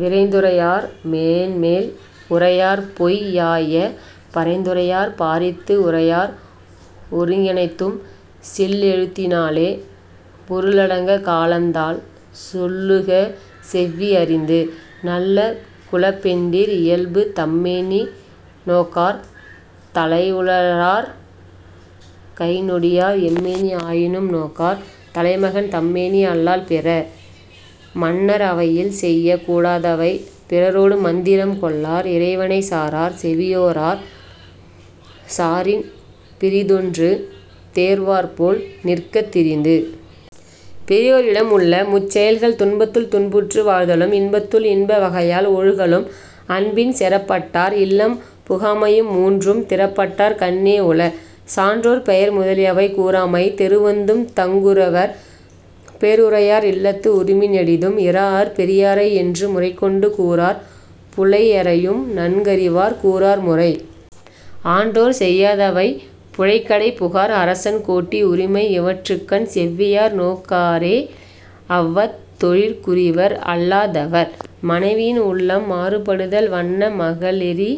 விரைந்துரையார் மேன்மேல் உரையார்பொய் யாய பரந்துரையார் பாரித்து உரையார் ஒருங்கெனைத்தும் சில்லெழுத்தினாலே பொருளடங்கக் காலந்தால் சொல்லுக செவ்வி அறிந்து. நல்ல குலப்பெண்டிர் இயல்பு தம்மேனி நோக்கார் தலையுளரார் கைந்நொடியார் எம்மேனி ஆயினும் நோக்கார் தலைமகன் தம்மேனி அல்லால் பிற. மன்னர் அவையில் செய்யக் கூடாதவை பிறரொடு மந்திரம் கொள்ளார் இறைவனைச் சாரார் செவியோரார் சாரின் பிறிதொன்று தேர்வார்போல் நிற்க திரிந்து. பெரியோரிடம் உள்ள முச்செயல்கள் துன்பத்துள் துன்புற்று வாழ்தலும் இன்பத்துள் இன்ப வகையால் ஒழுகலும் அன்பின் செறப்பட்டார் இல்லம் புகாமையும் மூன்றும் திறப்பட்டார் கண்ணே உள. சான்றோர் பெயர் முதலியவை கூறாமை தெறுவந்தும் தங்குரவர் பேருரையார் இல்லத்து உறுமி நெடிதும் இராஅர் பெரியாரை என்று முறைகொண்டு கூறார் புலையரையும் நன்கறிவார் கூறார் முறை. ஆன்றோர் செய்யாதவை புழைக்கடைப் புகார் அரசன் கோட்டி உரிமை இவற்றுக்கண் செவ்வியார் நோக்காரே அவ்வத் தொழிற்குரிவர் அல்லா தவர். மனைவியின் உள்ளம் மாறுபடுதல் வண்ண மகளிரி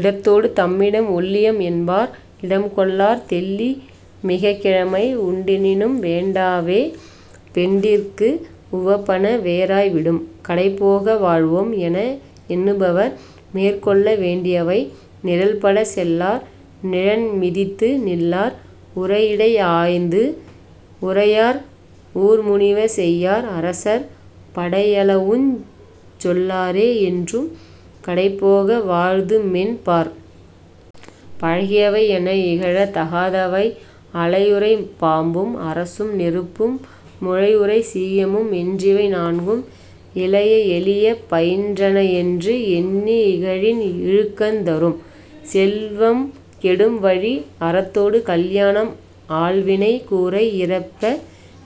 இடத்தொடு தம்மிடம் ஒள்ளியம் என்பார் இடம்கொள்ளார் தெள்ளி மிகக்கிழமை உண்டெனினும் வேண்டாவே பெண்டிர்க்கு உவப்பன வேறாய் விடும். கடைபோக வாழ்வோம் என எண்ணுபவர் மேற்கொள்ள வேண்டியவை நிரல்படச் செல்லார் நிழன்மிதித்து நில்லார் உரையிடை ஆய்ந்து உரையார் ஊர்முனிவ செய்யார் அரசர் படையளவுஞ் சொல்லாரே என்றும் கடைபோக வாழ்துமென் பார். பழகியவை என இகழத் தகாதவை அளையுறை பாம்பும் அரசும் நெருப்பும் முழைஉறை சீயமும் என்றிவை நான்கும் இளைய எளிய பயின்றனஎன்று எண்ணி இகழின் இழுக்கந் தரும். செல்வம் கெடும் வழி அறத்தொடு கல்யாணம் ஆள்வினை கூரை இறப்பப்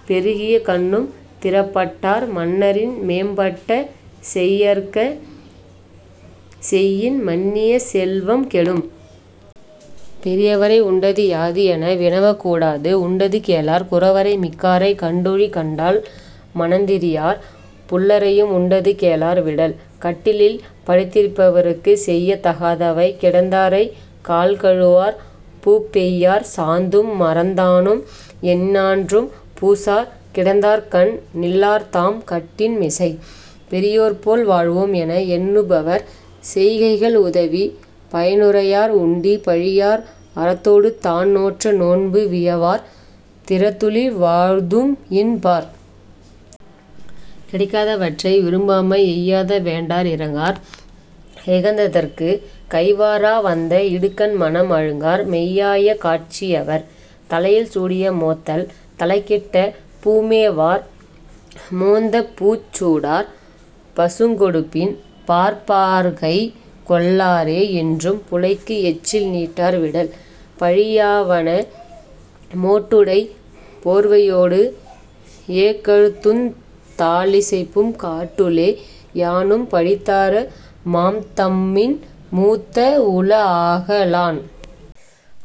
பெருகியக் கண்ணும் திறப்பட்டார் மன்னரின் மேம்பட்ட செய்யற்க செய்யின் மன்னிய செல்வம் கெடும். பெரியவரை உண்டது யாது என வினவக் கூடாது உண்டது கேளார்; குரவரை மிக்காரைக் கண்டுழிக் கண்டால் மனந்திரியார்; புல்லரையும் உண்டது கேளார் விடல். கட்டிலில் படுத்திருப்பவருக்குச் செய்யத் தகாதவை கிடந்தாரைக் கால்கழுவார் பூப்பெய்யார் சாந்தும் மறந்தானும் எஞ்ஞான்றும் பூசார் கிடந்தார்கண் நில்லார்தாம் கட்டின் மிசை. பெரியோர் போல் வாழ்வோம் என எண்ணுபவர் செய்கைகள் உதவிப் பயனுரையார் உண்டி பழியார் அறத்தொடு தான்நோற்ற நோன்பு வியவார் திறத்துளி வாழ்தும்என் பார். கிடைக்காதவற்றை விரும்பாமை எய்யாத வேண்டார் இரங்கார் இகந்ததற்குக் கைவாரா வந்த இடுக்கண் மனம் அழுங்கார் மெய்யாய காட்சி யவர். தலையில் சூடிய மோத்தல் தலைக்கிட்ட பூமேவார் மோந்தபூச் சூடார் பசுக்கொடுப்பின் பார்ப்பார்கைக் கொள்ளாரே என்றும் புலைக்கு எச்சில் நீட்டார் விடல். பழியாவன மோட்டுடைப் போர்வையோடு ஏக்கழுத்துந் தாளிசைப்பும் காட்டுளே யானும் பழித்தார மாம்தம்மின் மூத்த உளஆக லான்.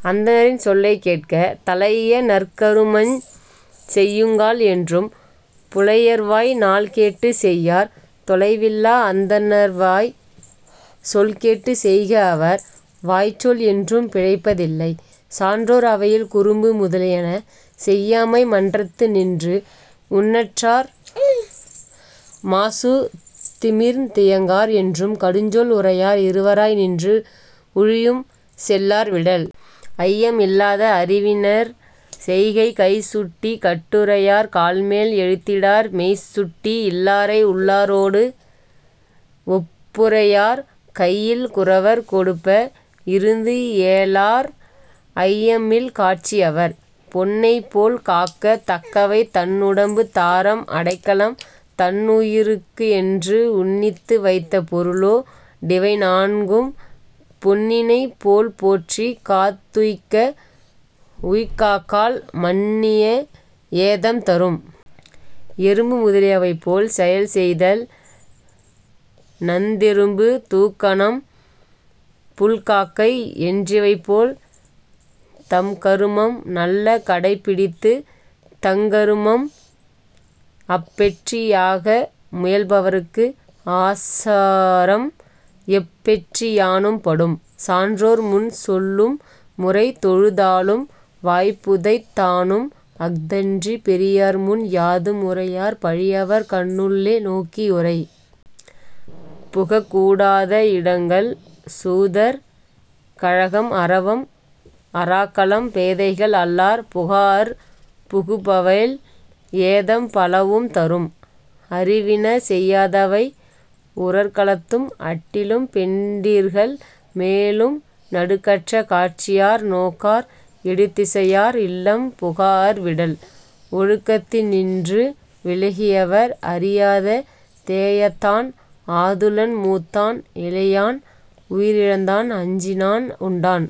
அந்தணரின் சொல்லைக் கேட்க தலைஇய நற்கருமஞ் செய்யுங்கால் என்றும் புலையர்வாய் நாள்கேட்டுச் செய்யார் தொலைவில்லா அந்தணர்வாய்ச் சொல்கேட்டுச் செய்க அவர் வாய்ச்சொல் என்றும் பிழைப்ப தில்லை. சான்றோர் அவையில் குறும்பு முதலியன செய்யாமை மன்றத்து நின்று உஞற்றார் மாசுதிமிர்ந் தியங்கார் என்றும் கடுஞ்சொல் உரையார் இருவராய் நின்று உழியும் செல்லார் விடல். ஐயம் இல்லாத அறிவினர் செய்கை கைசுட்டிக் கட்டுரையார் கால்மேல் எழுத்திடார் மெய்சுட்டி இல்லாரை உள்ளாரோடு ஒப்புரையார் கையில் குரவர் கொடுப்ப இருந்துஏலார் ஐயமில் காட்சி யவர். பொன்னைப் போல் காக்கத் தக்கவை தன்னுடம்பு தாரம் அடைக்கலம் தன்னுயிர்க்குஎன்று உன்னித்து வைத்த பொருளோ டிவைநான்கும் பொன்னினைப் போல்போற்றிக் காத்துய்க்க உய்க்காக்கால் மன்னிய ஏதம் தரும். எறும்பு முதலியவை போல் செயல் செய்தல் நந்தெறும்பு தூக்கணம் புள்காக்கை என்றிவைபோல் தம்கருமம் நல்ல கடைப்பிடித்துத் தங்கருமம் அப்பெற்றி யாக முயல்பவர்க்கு ஆசாரம் எப்பெற்றி யானும் படும். சான்றோர் முன் சொல்லும் முறை தொழுதாலும் வாய்புதைத் தானும் அஃதன்றிப் பெரியார்முன் யாதும் உரையார் பழியவர் கண்ணுள்ளே நோக்கி யுரை. புகக் கூடாத இடங்கள் சூதர் கழகம் அரவம் அறாக்களம் பேதைகள் அல்லார் புகாஅர் புகுபவேல் ஏதம் பலவும் தரும். அறிவினர் செய்யாதவை உரற்களத்தும் அட்டிலும் பெண்டிர்கள் மேலும் நடுக்கற்ற காட்சியார் நோக்கார் எடுத்திசையார் இல்லம் புகாஅர் விடல். ஒழுக்கத்தினின்று விலகியவர் அறியாத தேயத்தான் ஆதுலன் மூத்தான் இளையான் உயிரிழந்தான் அஞ்சினான் உண்டான்